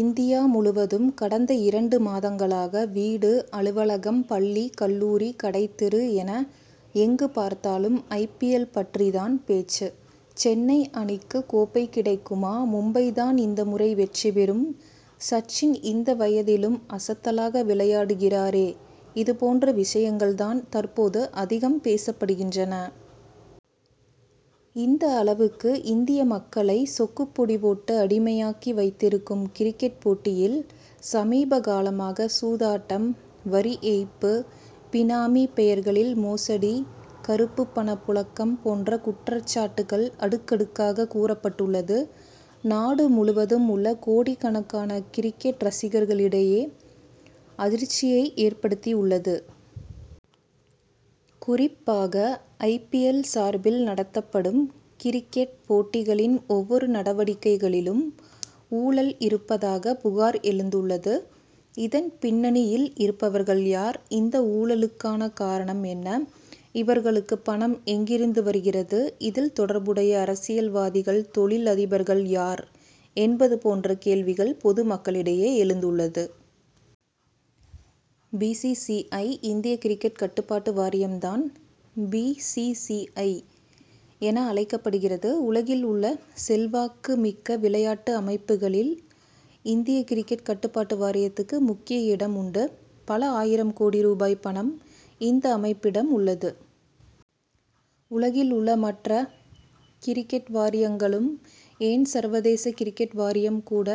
India முழுவதும் கடந்த இரண்டு மாதங்களாக வீடு அலுவலகம் பள்ளி கல்லூரி கடைத் தெரு என எங்கு பார்த்தாலும் ஐ. பி. எல். பற்றித் தான் பேச்சு. சென்னை அணிக்கு கோப்பை கிடைக்குமா மும்பை தான் இந்த முறை வெற்றி பெறும் சச்சின் இந்த வயதிலும் அசத்தலாக விளையாடுகிறாரே இதுபோன்ற விஷயங்கள் தான் தற்போது அதிகம் பேசப்படுகின்றன. இந்த அளவுக்கு இந்திய மக்களை சொக்கு பொடி போட்டு அடிமையாக்கி வைத்திருக்கும் கிரிக்கெட் போட்டியில் சமீபகாலமாக சூதாட்டம் வரி ஏய்ப்பு பினாமி பெயர்களில் மோசடி கருப்பு பண புழக்கம் போன்ற குற்றச்சாட்டுகள் அடுக்கடுக்காக கூறப்பட்டுள்ளது நாடு முழுவதும் உள்ள கோடிக்கணக்கான கிரிக்கெட் ரசிகர்களிடையே அதிர்ச்சியை ஏற்படுத்தி உள்ளது. குறிப்பாக ஐ. பி. எல். சார்பில் நடத்தப்படும் கிரிக்கெட் போட்டிகளின் ஒவ்வொரு நடவடிக்கைகளிலும் ஊழல் இருப்பதாக புகார் எழுந்துள்ளது. இதன் பின்னணியில் இருப்பவர்கள் யார்? இந்த ஊழலுக்கான காரணம் என்ன? இவர்களுக்கு பணம் எங்கிருந்து வருகிறது. இதில் தொடர்புடைய அரசியல்வாதிகள் தொழில் அதிபர்கள் யார் என்பது போன்ற கேள்விகள் பொதுமக்களிடையே எழுந்துள்ளது. பி. சி. சி. ஐ. இந்திய கிரிக்கெட் கட்டுப்பாட்டு வாரியம் தான் பி. சி. சி. ஐ. என அழைக்கப்படுகிறது. உலகில் உள்ள செல்வாக்கு மிக்க விளையாட்டு அமைப்புகளில் இந்திய கிரிக்கெட் கட்டுப்பாட்டு வாரியத்துக்கு முக்கிய இடம் உண்டு. பல ஆயிரம் கோடி ரூபாய் பணம், இந்த அமைப்பிடம் உள்ளது. உலகில் உள்ள மற்ற கிரிக்கெட் வாரியங்களும் ஏன் சர்வதேச கிரிக்கெட் வாரியம் கூட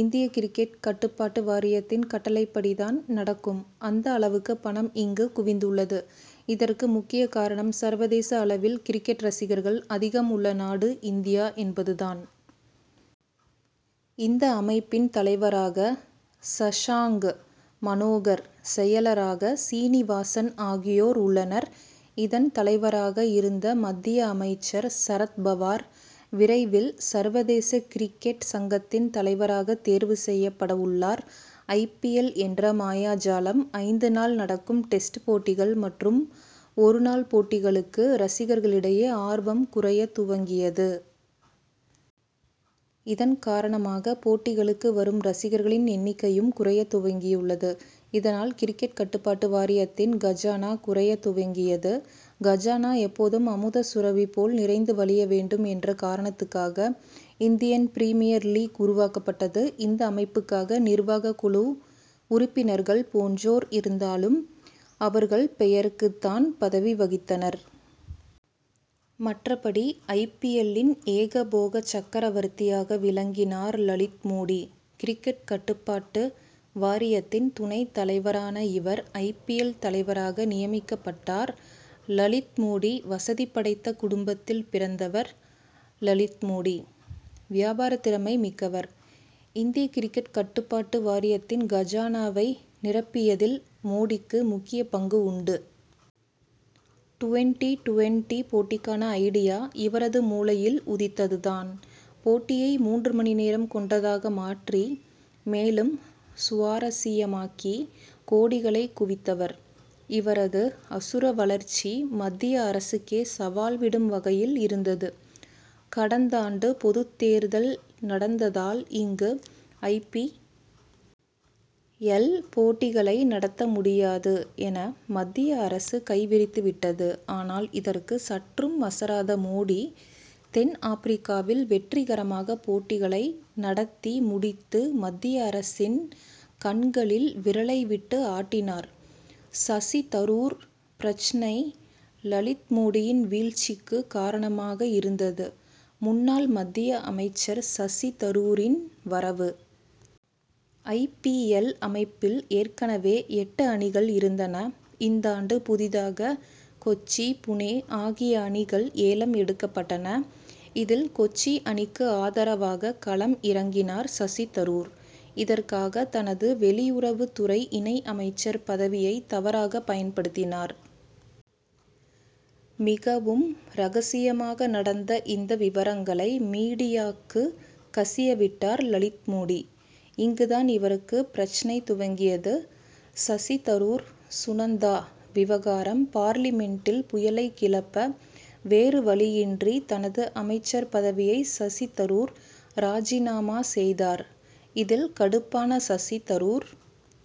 இந்திய கிரிக்கெட் கட்டுப்பாட்டு வாரியத்தின் கட்டளைப்படி தான் நடக்கும். அந்த அளவுக்கு பணம் இங்கு குவிந்துள்ளது. இதற்கு முக்கிய காரணம் சர்வதேச அளவில் கிரிக்கெட் ரசிகர்கள் அதிகம் உள்ள நாடு இந்தியா என்பது தான். இந்த அமைப்பின் தலைவராக சஷாங் மனோகர் செயலராக சீனிவாசன் ஆகியோர் உள்ளனர். இதன் தலைவராக இருந்த மத்திய அமைச்சர் சரத் பவார் விரைவில் சர்வதேச கிரிக்கெட் சங்கத்தின் தலைவராக தேர்வு செய்யப்படவுள்ளார். ஐ. பி. எல். என்ற மாயாஜாலம்: ஐந்து நாள் நடக்கும் டெஸ்ட் போட்டிகள் மற்றும் ஒரு நாள் போட்டிகளுக்கு ரசிகர்களிடையே ஆர்வம் குறையத் துவங்கியது. இதன்காரணமாக போட்டிகளுக்கு வரும் ரசிகர்களின் எண்ணிக்கையும் குறையத் துவங்கியுள்ளது. இதனால் கிரிக்கெட் கட்டுப்பாட்டு வாரியத்தின் கஜானா குறையத் துவங்கியது. கஜானா எப்போதும் அமுத சுரபி போல் நிறைந்து வழிய வேண்டும் என்ற காரணத்துக்காக இந்தியன் பிரிமியர் லீக் உருவாக்கப்பட்டது. இந்த அமைப்புக்காக நிர்வாக குழு உறுப்பினர்கள் போன்றோர் இருந்தாலும், அவர்கள் பெயருக்கு தான் பதவி வகித்தனர். மற்றபடி, ஐ. பி. எல்.லின் ஏகபோக சக்கரவர்த்தியாக விளங்கினார் லலித் மோடி. கிரிக்கெட் கட்டுப்பாட்டு வாரியத்தின் துணை தலைவரான இவர் ஐ. பி. எல். தலைவராக நியமிக்கப்பட்டார். லலித் மோடி வசதி படைத்த குடும்பத்தில் பிறந்தவர் லலித் மோடி. வியாபார திறமை மிக்கவர். இந்திய கிரிக்கெட் கட்டுப்பாட்டு வாரியத்தின் கஜானாவை நிரப்பியதில் மோடிக்கு முக்கிய பங்கு உண்டு. டுவென்டி-டுவென்டி போட்டிக்கான ஐடியா இவரது மூளையில் உதித்தது தான். போட்டியை மூன்று மணி நேரம் கொண்டதாக மாற்றி மேலும் சுவாரசியமாக்கி கோடிகளை குவித்தவர். இவரது அசுர வளர்ச்சி மத்திய அரசுக்கே சவால் விடும் வகையில் இருந்தது. கடந்தாண்டு பொதுத் தேர்தல் நடந்ததால் இங்கு ஐ. பி. எல். போட்டிகளை நடத்த முடியாது என மத்திய அரசு கை விரித்து விட்டது. ஆனால் இதற்கு சற்றும் அசராத மோடி தென் ஆப்பிரிக்காவில் வெற்றிகரமாக போட்டிகளை நடத்தி முடித்து மத்திய அரசின் கண்களில் விரலை விட்டு ஆட்டினார். சசி தரூர் பிரச்னை லலித் மோடியின் வீழ்ச்சிக்கு காரணமாக இருந்தது முன்னாள் மத்திய அமைச்சர் சசி தரூரின் வரவு. ஐ. பி. எல். அமைப்பில் ஏற்கனவே எட்டு அணிகள் இருந்தன. இந்தாண்டு புதிதாக கொச்சி புனே ஆகிய அணிகள் ஏலம் எடுக்கப்பட்டன. இதில் கொச்சி அணிக்கு ஆதரவாக களம் இறங்கினார் சசி தரூர். இதற்காக, தனது வெளியுறவு துறை இணை அமைச்சர் பதவியை தவறாக பயன்படுத்தினார். மிகவும் ரகசியமாக நடந்த இந்த விவரங்களை மீடியாக்கு கசியவிட்டார் லலித் மோடி. இங்கு தான் இவருக்கு பிரச்னை துவங்கியது. சசி தரூர்-சுனந்தா விவகாரம் பார்லிமென்டில் புயலை கிளப்ப வேறு வழியின்றி தனது அமைச்சர் பதவியை சசி தரூர் ராஜினாமா செய்தார். இதில் கடுப்பான சசி தரூர்